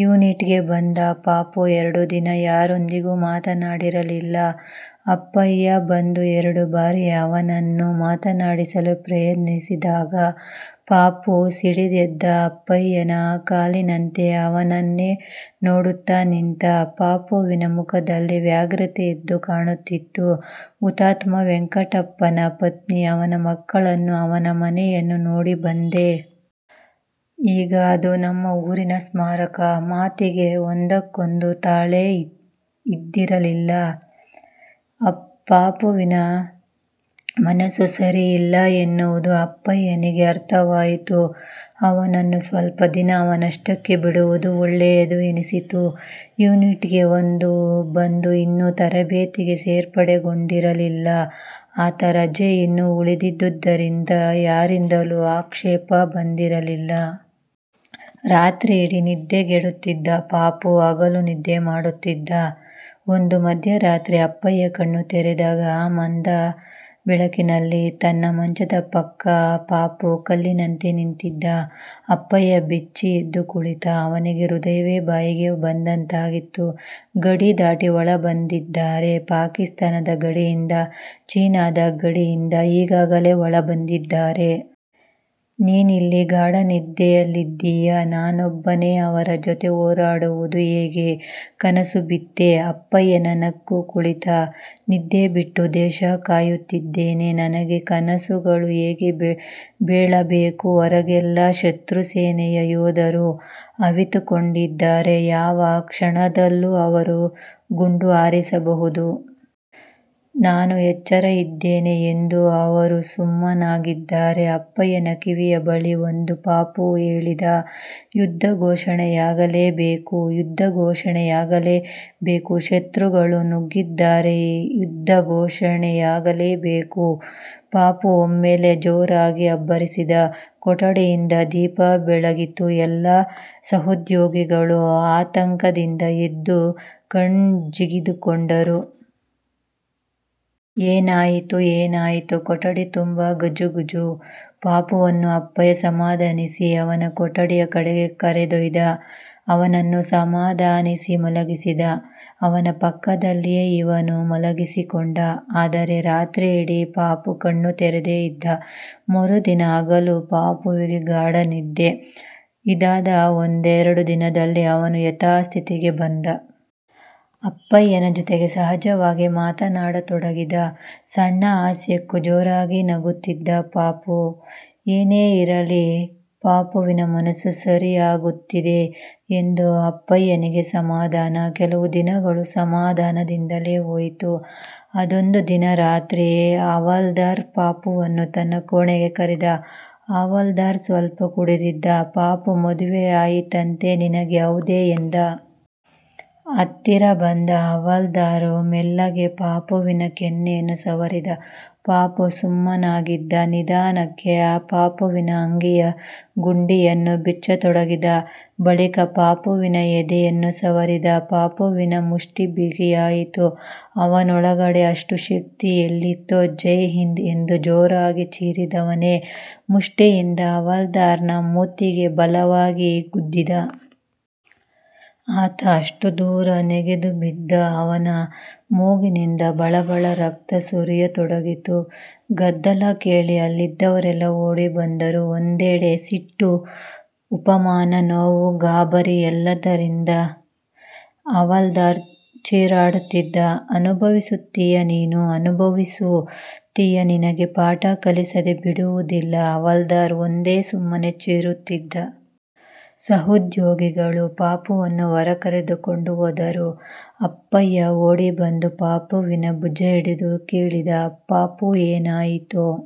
ಯುನಿಟ್ಗೆ ಬಂದ ಪಪ್ಪು ಎರಡು ದಿನ ಯಾರೊಂದಿಗೂ ಮಾತನಾಡಿರಲಿಲ್ಲ. ಅಪ್ಪಯ್ಯ ಬಂದು ಎರಡು ಬಾರಿ ಅವನನ್ನು ಮಾತನಾಡಿಸಲು ಪ್ರಯತ್ನಿಸಿದಾಗ ಪಪ್ಪು ಸಿಡಿದಿದ್ದ ಅಪ್ಪಯ್ಯ ಕಲ್ಲಿನಂತೆ ಅವನನ್ನೇ ನೋಡುತ್ತಾ ನಿಂತ. ಪಪ್ಪುವಿನ ಮುಖದಲ್ಲಿ ವ್ಯಗ್ರತೆ ಎದ್ದು ಕಾಣುತ್ತಿತ್ತು. ''ಹುತಾತ್ಮ ವೆಂಕಟನ ಪತ್ನಿ, ಅವನ ಮಕ್ಕಳನ್ನು, ಅವನ ಮನೆಯನ್ನು ನೋಡಿ ಬಂದೆ. ಈಗ ಅದು ನಮ್ಮ ಊರಿನ ಸ್ಮಾರಕ '' ಮಾತಿಗೆ ಒಂದಕ್ಕೊಂದು ತಾಳೆ ಇದ್ದಿರಲಿಲ್ಲ. ಪಪ್ಪುವಿನ ಮನಸ್ಸು ಸರಿಯಿಲ್ಲ ಎನ್ನುವುದು ಅಪ್ಪಯ್ಯನಿಗೆ ಅರ್ಥವಾಯಿತು. ಅವನನ್ನು ಸ್ವಲ್ಪ ದಿನ ಅವನಷ್ಟಕ್ಕೆ ಬಿಡುವುದು ಒಳ್ಳೆಯದು ಎನ್ನಿಸಿತು. ಯುನಿಟ್ಗೆ ಬಂದು ಇನ್ನೂ ತರಬೇತಿಗೆ ಸೇರ್ಪಡೆಗೊಂಡಿರಲಿಲ್ಲ ಆತ. ರಜೆ ಇನ್ನೂ ಉಳಿದಿದ್ದುದರಿಂದ ಯಾರಿಂದಲೂ ಆಕ್ಷೇಪ ಬಂದಿರಲಿಲ್ಲ. ರಾತ್ರಿಯಿಡೀ ನಿದ್ರೆಗೆಡುತ್ತಿದ್ದ ಪಪ್ಪು, ಹಗಲು ನಿದ್ದೆ ಮಾಡುತ್ತಿದ್ದ. ಒಂದು ಮಧ್ಯ ರಾತ್ರಿ ಅಪ್ಪಯ್ಯ ಕಣ್ಣು ತೆರೆದಾಗ ಆ ಮಂದ ಬೆಳಕಿನಲ್ಲಿ ತನ್ನ ಮಂಚದ ಪಕ್ಕ ಪಪ್ಪು ಕಲ್ಲಿನಂತೆ ನಿಂತಿದ್ದ. ಅಪ್ಪಯ್ಯ ಬೆಚ್ಚಿ ಎದ್ದು ಕುಳಿತ. ಅವನಿಗೆ ಹೃದಯವೇ ಬಾಯಿಗೆ ಬಂದಂತಾಗಿತ್ತು. ''ಗಡಿದಾಟಿ ಒಳ ಬಂದಿದ್ದಾರೆ. ಪಾಕಿಸ್ತಾನದ ಗಡಿಯಿಂದ, ಚೀನಾದ ಗಡಿಯಿಂದ ಈಗಾಗಲೇ ಒಳ ಬಂದಿದ್ದಾರೆ. ನೀನಿಲ್ಲಿ ಗಾಢ ನಿದ್ದೆಯಲ್ಲಿದ್ದೀಯ. ನಾನೊಬ್ಬನೇ ಅವರ ಜೊತೆ ಹೋರಾಡುವುದು ಹೇಗೆ? '' ''ಕನಸು ಬಿತ್ತೇ? '' ಅಪ್ಪಯ್ಯ ನಕ್ಕು ಕೇಳಿದ. ''ನಿದ್ದೆ ಬಿಟ್ಟು ದೇಶ ಕಾಯುತ್ತಿದ್ದೇನೆ. ನನಗೆ ಕನಸು ಗಳು ಹೇಗೆ ಬೀಳಬೇಕು? ಹೊರಗೆಲ್ಲ ಶತ್ರು ಸೇನೆಯ ಯೋಧರು ಅವಿತುಕೊಂಡಿದ್ದಾರೆ. ಯಾವ ಕ್ಷಣದಲ್ಲೂ ಅವರು ಗುಂಡು ಹಾರಿಸಬಹುದು. ನಾನು ಎಚ್ಚರ ಇದ್ದೇನೆ ಎಂದು ಅವರು ಸುಮ್ಮಗಿದ್ದಾರೆ'' ಅಪ್ಪಯ್ಯನ ಕಿವಿಯ ಬಳಿ ಬಂದು ಪಪ್ಪು ಹೇಳಿದ. ''ಯುದ್ಧ ಘೋಷಣೆಯಾಗಲೇ ಬೇಕು. ಯುದ್ಧ ಘೋಷಣೆಯಾಗಲೇ ಬೇಕುಶತ್ರುಗಳು ನುಗ್ಗಿದ್ದಾರೆಯುದ್ಧ ಘೋಷಣೆಯಾಗಲೇ ಬೇಕು'' ಪಪ್ಪು ಒಮ್ಮೆಲೆ ಜೋರಾಗಿ ಅಬ್ಬರಿಸಿದ. ಕೊಠಡಿಯ ದೀಪ ಬೆಳಗಿತು. ಎಲ್ಲ ಸಹೊದ್ಯೋಗಿಗಳೂ ಆತಂಕ ದಿಂದ ಎದ್ದು ಕಣ್ಣುಜ್ಜಿಕೊಂಡರು. ''ಏನಾಯಿತುಏನಾಯಿತು? '' ಕೊಠಡಿ ತುಂಬಾ ಗುಜುಗುಜು. ಪಪ್ಪುವನ್ನು ಅಪ್ಪಯ್ಯ ಸಮಾಧಾನಿಸಿ ಅವನ ಕೊಠಡಿಯ ಕಡೆಗೆ ಕರೆದೊಯ್ದ. ಅವನನ್ನು ಸಮಾಧಾನಿಸಿ ಮಲಗಿಸಿದ. ಅವನ ಪಕ್ಕದಲ್ಲೇ ಇವನೂ ಮಲಗಿಕೊಂಡ. ಆದರೆ ರಾತ್ರಿಯಿಡೀ ಪಪ್ಪು ಕಣ್ಣು ತೆರೆದೇ ಇದ್ದ. ಮರುದಿನ ಹಗಲು ಪಪ್ಪುವಿಗೆ ಗಾಢ ನಿದ್ದೆ. ಇದಾದ ಒಂದೆರಡು ದಿನದಲ್ಲಿ ಅವನು ಯಥಾಸ್ಥಿತಿಗೆ ಬಂದ. ಅಪ್ಪಯ್ಯನ ಜೊತೆಗೆ ಸಹಜವಾಗಿ ಮಾತನಾಡತೊಡಗಿದ. ಸಣ್ಣ ಹಾಸ್ಯಕ್ಕೂ ಜೋರಾಗಿ ನಗುತ್ತಿದ್ದ ಪಪ್ಪು. ಏನೇ ಇರಲಿ, ಪಪ್ಪುವಿನ ಮನಸ್ಸು ಸರಿಯಾಗುತ್ತಿದೆ ಎಂದು ಅಪ್ಪಯ್ಯನಿಗೆ ಸಮಾಧಾನ. ಕೆಲವು ದಿನಗಳು ಸಮಾಧಾನದಿಂದಲೇ ಹೋಯಿತು. ಅದೊಂದು ದಿನ ರಾತ್ರಿ ಹವಾಲ್ದಾರ್ ಪಪ್ಪುವನ್ನು ತನ್ನ ಕೋಣೆಗೆ ಕರೆದ. ಹವಾಲ್ದಾರ್ ಸ್ವಲ್ಪ ಕುಡಿದಿದ್ದ. ''ಪಪ್ಪುಮದುವೆಯಾಯಿತಂತೆ ನಿನಗೆ ಹೌದೆ'' ಎಂದ. ಹತ್ತಿರ ಬಂದ ಹವಾಲ್ದಾರ್ ಮೆಲ್ಲಗೆ ಪಪ್ಪುವಿನ ಕೆನ್ನೆಯನ್ನು ಸವರಿದ. ಪಪ್ಪು ಸುಮ್ಮಗಿದ್ದ. ನಿಧಾನಕ್ಕೆ ಪಪ್ಪುವಿನ ಅಂಗಿಯ ಗುಂಡಿಯನ್ನು ಬಿಚ್ಚತೊಡಗಿದ. ಬಳಿಕ ಪಪ್ಪುವಿನ ಎದೆಯನ್ನು ಸವರಿದ. ಪಪ್ಪುವಿನ ಮುಷ್ಟಿ ಬಿಗಿಯಾಯಿತು. ಅವನೊಳಗೆ ಅಷ್ಟು ಶಕ್ತಿ ಎಲ್ಲಿತ್ತೋ? ''ಜೈ ಹಿಂದ್'' ಎಂದು ಜೋರಾಗಿ ಚೀರಿದವನೇ ಮುಷ್ಟಿಯಿಂದ ಹವಾಲ್ದಾರ್ನ ಮೂತಿಗೆ ಬಲವಾಗಿ ಗುದ್ದಿದ. ಆತ ಅಷ್ಟು ದೂರ ನೆಗೆದು ಬಿದ್ದಿದ್ದ. ಅವನ ಮೂಗಿನಿಂದ ಬಳಬಳ ರಕ್ತ ಸುರಿಯತೊಡಗಿತ್ತು. ಗದ್ದಲ ಕೇಳಿ ಅಲ್ಲಿದ್ದವರೆಲ್ಲ ಓಡಿ ಬಂದರು. ಒಂದೆಡೆ ಸಿಟ್ಟು, ಅಪಮಾನ, ನೋವು, ಗಾಬರಿ ಎಲ್ಲದರಿಂದ ಹವಾಲ್ದಾರ್ ಚೀರಾಡುತ್ತಿದ್ದ. ''ಅನುಭವಿಸುತ್ತೀಯನೀನು ಅನುಭವಿಸು ತ್ತೀಯನಿನಗೆ ಪಾಠ ಕಲಿಸದೇ ಬಿಡುವುದಿಲ್ಲ'' ಹವಾಲ್ದಾರ್ ಒಂದೇ ಸಮನೆ ಚೀರುತ್ತಿದ್ದ. ಸಹೋದ್ಯೋಗಿಗಳು ಪಪ್ಪುವನ್ನು ಹೊರ ಕರೆದುಕೊಂಡು ಹೋದರು. ಅಪ್ಪಯ್ಯ ಓಡಿ ಬಂದು ಪಪ್ಪುವಿನ ಭುಜ ಹಿಡಿದು ಕೇಳಿದ ''ಪಪ್ಪು ಏನಾಯ್ತೋ? ''